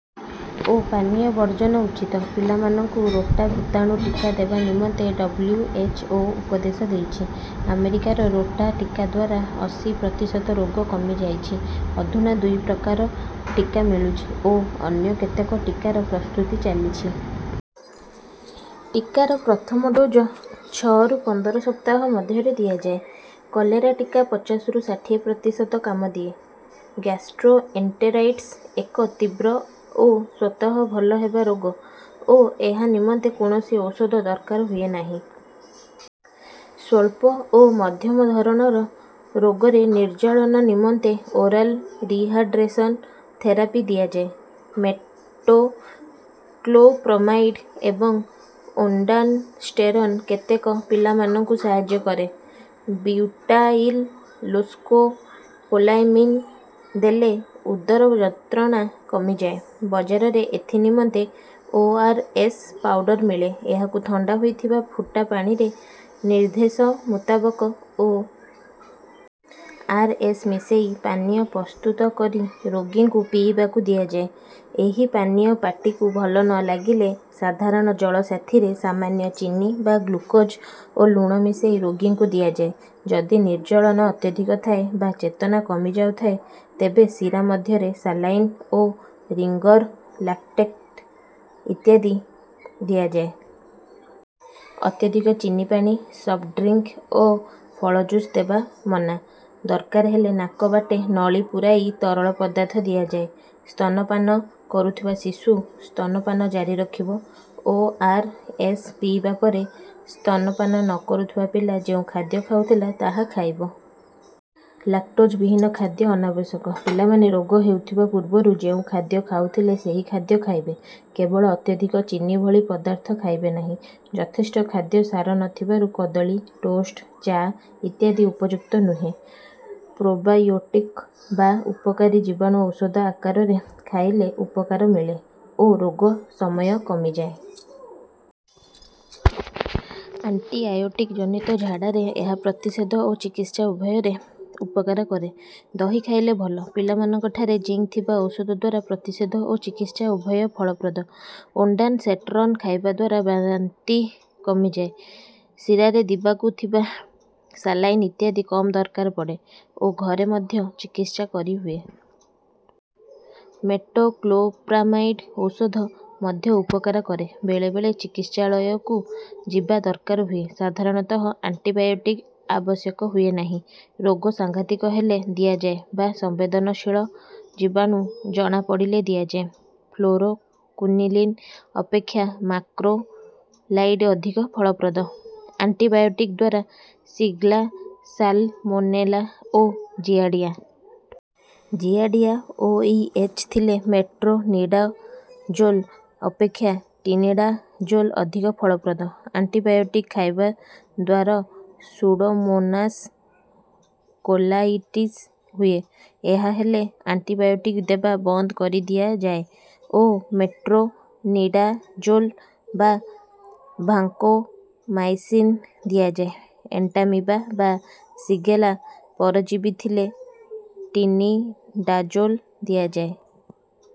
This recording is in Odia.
ଓ ପାନୀୟ ବର୍ଜନ ଉଚିତ। ପିଲାମାନଙ୍କୁ ରୋଟା ଭୁତାଣୁ ଟୀକା ଦେବା ନିମନ୍ତେ ଡବ୍ଲ୍ୟୁ. ଏଚ୍. ଓ. ଉପଦେଶ ଦେଇଛି। ଆମେରିକାର ରୋଟା ଟୀକାଦ୍ୱାରା ଅଶି ପ୍ରତିଶତ ରୋଗ କମି ଯାଇଛି। ଅଧୁନା ଦୁଇ ପ୍ରକାର ଟୀକା ମିଳୁଛି ଓ ଅନ୍ୟ କେତେକ ଟୀକାର ପ୍ରସ୍ତୁତି ଚାଲିଛି। ଟୀକାର ପ୍ରଥମ ଡୋଜ ଛଅ ରୁ ପନ୍ଦର ସପ୍ତାହ ମଧ୍ୟରେ ଦିଆଯାଏ। କଲେରା ଟୀକା ପଚାଶ ରୁ ଷାଠିଏ ପ୍ରତିଶତ କାମ ଦିଏ। ଗ୍ଯାସ୍ଟ୍ରୋଏଣ୍ଟେରାଇଟିସ୍ ଏକ ତୀବ୍ର ଓ ସ୍ୱତଃ ଭଲ ହେବା ରୋଗ ଓ ଏହା ନିମନ୍ତେ କୌଣସି ଔଷଧ ଦରକାର ହୁଏ ନାହିଁ। ସ୍ୱଳ୍ପ ଓ ମଧ୍ୟମ ଧରଣର ରୋଗରେ ନିର୍ଜଳନ ନିମନ୍ତେ ଓରାଲ ରିହାଡ୍ରେସନ ଥେରାପି ଦିଆଯାଏ। ମେଟୋକ୍ଲୋପ୍ରମାଇଡ୍ ଏବଂ ଓନ୍ଡାନସ୍ଟେରନ କେତେକ ପିଲାମାନଙ୍କୁ ସାହଯ୍ୟ କରେ। ବ୍ୟୁଟାଇଲ୍ସ୍କୋପୋଲାମିନ୍ ଦେଲେ ଉଦର ଯନ୍ତ୍ରଣା କମିଯାଏ। ବଜାରରେ ଏଥି ନିମନ୍ତେ ଓ. ଆର. ଏସ୍. ପାଉଡର ମିଳେ। ଏହାକୁ ଥଣ୍ଡା ହୋଇଥିବା ଫୁଟା ପାଣିରେ ନିର୍ଦ୍ଦେଶ ମୁତାବକ ଓ. ଆର୍. ଏସ୍. ମିଶେଇ ପାନୀୟ ପ୍ରସ୍ତୁତ କରି ରୋଗୀକୁ ପିଇବାକୁ ଦିଆଯାଏ। ଏହି ପାନୀୟ ପାଟିକୁ ଭଲ ନ ଲାଗିଲେ ସାଧାରଣ ଜଳ ସାଥିରେ ସାମାନ୍ୟ ଚିନି ବା ଗ୍ଲୁକୋଜ ଓ ଲୁଣ ମିଶେଇ ରୋଗୀକୁ ଦିଆଯାଏ। ଯଦି ନିର୍ଜଳନ ଅତ୍ୟଧିକ ଥାଏ ବା ଚେତନା କମି ଯାଉଥାଏ ତେବେ ଶୀରା ମଧ୍ୟରେ ସାଲାଇନ୍ ଓ ରିଙ୍ଗର ଲାକ୍ଟେଟ ଇତ୍ୟାଦି ଦିଆଯାଏ। ଅତ୍ୟଧିକ ଚିନି ପାଣି, ସଫ୍ଟ ଡ୍ରିଙ୍କ ଓ ଫଳ ଜୁସ ଦେବା ମନା। ଦରକାର ହେଲେ ନାକ ବାଟେ ନଳି ପୁରାଇ ତରଳ ପଦାର୍ଥ ଦିଆଯାଏ। ସ୍ତନ ପାନ କରୁଥିବା ଶିଶୁ ସ୍ତନ ପାନ ଜାରି ରଖିବ। ଓ. ଆର୍. ଏସ୍. ପିଇବା ପରେ ସ୍ତନ ପାନ ନ କରୁଥିବା ପିଲା ଯେଉଁ ଖାଦ୍ୟ ଖାଉଥିଲା ତାହା ଖାଇବ। ଲାକ୍ଟୋଜ ବିହୀନ ଖାଦ୍ୟ ଅନାବଶ୍ୟକ। ପିଲାମାନେ ରୋଗ ହେଉଥିବା ପୂର୍ବରୁ ଯେଉଁ ଖାଦ୍ୟ ଖାଉଥିଲେ ସେହି ଖାଦ୍ୟ ଖାଇବେ, କେବଳ ଅତ୍ୟଧିକ ଚିନି ଭଳି ପଦାର୍ଥ ଖାଇବେ ନାହିଁ। ଯଥେଷ୍ଟ ଖାଦ୍ୟ ସାର ନ ଥିବାରୁ କଦଳୀ, ଟୋଷ୍ଟ୍, ଚା ଇତ୍ୟାଦି ଉପଯୁକ୍ତ ନୁହେଁ। ପ୍ରୋବାୟୋଟିକ ବା ଉପକାରୀ ଜୀବାଣୁ ଔଷଧ ଆକାରରେ ଖାଇଲେ ଉପକାର ମିଳେ ଓ ରୋଗ ସମୟ କମିଯାଏ। ଆଣ୍ଟିଆୟୋଟିକ ଜନିତ ଝାଡାରେ ଏହା ପ୍ରତିଷେଧ ଓ ଚିକିତ୍ସା ଉଭୟରେ ଉପକାର କରେ। ଦହି ଖାଇଲେ ଭଲ। ପିଲାମାନଙ୍କଠାରେ ଜିଙ୍କ ଥିବା ଔଷଧଦ୍ୱାରା ପ୍ରତିଷେଧ ଓ ଚିକିତ୍ସା ଉଭୟ ଫଳପ୍ରଦ। ଓଣ୍ଡାନ୍ ସେଟ୍ରନ ଖାଇବାଦ୍ୱାରା ବାନ୍ତି କମିଯାଏ, ଶିରାରେ ଦିବାକୁ ଥିବା ସାଲାଇନ୍ ଇତ୍ୟାଦି କମ୍ ଦରକାର ପଡେ ଓ ଘରେ ମଧ୍ୟ ଚିକିତ୍ସା କରିହୁଏ। ମେଟୋକ୍ଲୋପ୍ରାମାଇଡ୍ ଔଷଧ ମଧ୍ୟ ଉପକାର କରେ। ବେଳେ ବେଳେ ଚିକିତ୍ସାଳୟକୁ ଯିବା ଦରକାର ହୁଏ। ସଧାରଣତଃ ଆଣ୍ଟିବାୟୋଟିକ୍ ଆବଶ୍ୟକ ହୁଏ ନାହିଁ, ରୋଗ ସାଂଘାତିକ ହେଲେ ଦିଆଯାଏ ବା ସମ୍ବେଦନଶୀଳ ଜୀବାଣୁ ଜଣା ପଡ଼ିଲେ ଦିଆଯାଏ। ଫ୍ଲୋରୋକୁନିଲିନ୍ ଅପେକ୍ଷା ମାକ୍ରୋଲାଇଡ ଅଧିକ ଫଳପ୍ରଦ। ଆଣ୍ଟିବାୟୋଟିକଦ୍ୱାରା ସିଗଲା, ସାଲମୋନେଲା ଓ ଜିଆଡିଆ। ଜିଆଡିଆ ଓ ଇ. ଏଚ୍ ଥିଲେ ମେଟ୍ରୋନିଡାଜୋଲ୍ ଅପେକ୍ଷା ଟିନିଡାଜୋଲ୍ ଅଧିକ ଫଳପ୍ରଦ। ଆଣ୍ଟିବାୟୋଟିକ୍ ଖାଇବା ଦ୍ୱାର ସୁଡୋମୋନାସ୍ କୋଲାଇଟିସ୍ ହୁଏ। ଏହା ହେଲେ ଆଣ୍ଟିବାୟୋଟିକ୍ ଦେବା ବନ୍ଦ କରିଦିଆ ଯାଏ ଓ ମେଟ୍ରୋନିଡାଜୋଲ୍ ବା ଭାଙ୍କୋମାଇସିନ୍ ଦିଆଯାଏ। ଏଣ୍ଟାମିବା ବା ସିଗେଲା ପରଜୀବି ଥିଲେ ଟିନିଡାଜୋଲ୍ ଦିଆଯାଏ।